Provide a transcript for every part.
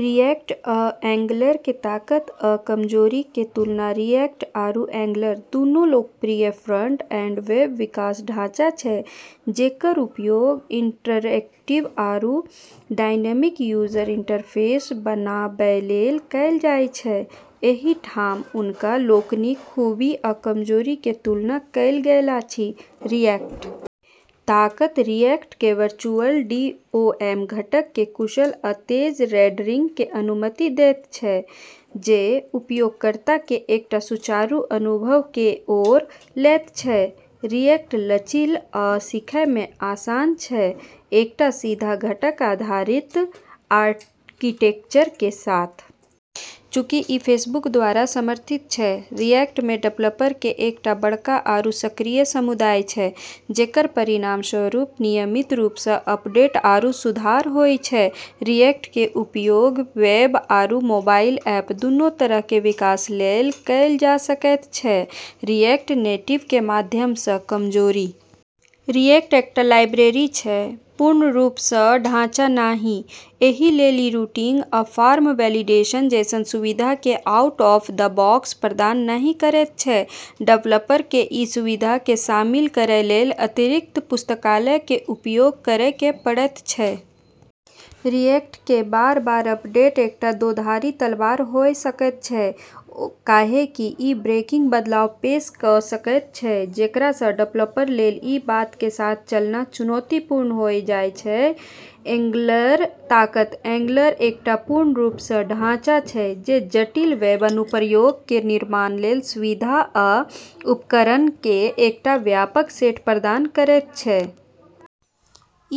React आ Angular के ताकत आ कमजोरी के तुलना रिएक्ट आरू एंगलर दुनू लोकप्रिय फ्रंट-एंड वेब विकास ढाँचा छै जेकर उपयोग इंटरैक्टिव आरू डायनामिक यूजर इंटरफेस बनाबय लेल कयल जाय छै। एहि ठाम हुनका लोकनिक खूबी आ कमजोरी के तुलना कयल गेल अछि। रिएक्ट ताकत रिएक्ट के वर्चुअल डीओएम घटक के कुशल आ तेज रेंडरिंग के अनुमति दैत छै, जे उपयोगकर्ता के एकटा सुचारू अनुभव के ओर लैत छै। रिएक्ट लचिल आ सीखय मे आसान छै, एकटा सीधा घटक आधारित आर्किटेक्चर के साथ। चूँकि ई फेसबुक द्वारा समर्थित छै, रिएक्ट मे डेवलपर के एकटा बडका आरू सक्रिय समुदाय छै, जेकर परिणामस्वरूप नियमित रूप सँ अपडेट आरू सुधार होय छै। रिएक्ट के उपयोग वेब आरू मोबाइल ऐप दुनू तरह के विकास लेल कयल जा सकैत छै, रिएक्ट नेटिव के माध्यम सँ। कमजोरी रिएक्ट एकटा लाइब्रेरी छै, पूर्ण रूप सँ ढाँचा नहि, एही लेल इ रूटिंग आ फॉर्म वैलिडेशन जैसन सुविधा के आउट-ऑफ-द-बॉक्स प्रदान नहि करैत छै। डेवलपर के इ सुविधा के शामिल करय लेल अतिरिक्त पुस्तकालय के उपयोग करय के पड़ैत छै। रिएक्ट के बार-बार अपडेट एकटा दोधारी तलवार होय सकैत छै, काहेकि ई ब्रेकिंग बदलाव पेश कय सकैत छै, जेकरा सँ डेवलपर लेल ई बात के साथ चलना चुनौतीपूर्ण होय जाय छै। एंगलर ताकत एंगलर एकटा पूर्ण रूप सँ ढाँचा छै, जे जटिल वेब अनुप्रयोग के निर्माण लेल सुविधा आ उपकरण के एकटा व्यापक सेट प्रदान करैत छै।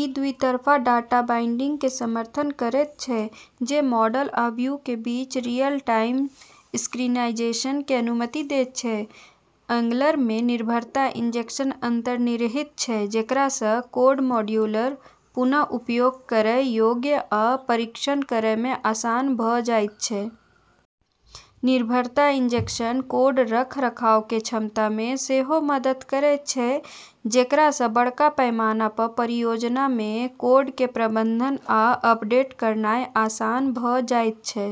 इ द्वि-तरफा डाटा बाइंडिंग के समर्थन करैत छै, जे मॉडल आ व्यू के बीच रियल-टाइम सिंक्रनाइजेशन के अनुमति दैत छै। एंगलर मे निर्भरता इंजेक्शन अंतर्निहित छै, जेकरा सँ कोड मॉड्यूलर, पुन: उपयोग करय योग्य, आ परीक्षण करय मे आसान भ जाइत छै। निर्भरता इंजेक्शन कोड रखरखाव के क्षमता मे सेहो मदद करैत छै, जेकरा सँ बडका पैमाना पर परियोजना मे कोड के प्रबंधन आ अपडेट करनाय आसान भ जाइत छै।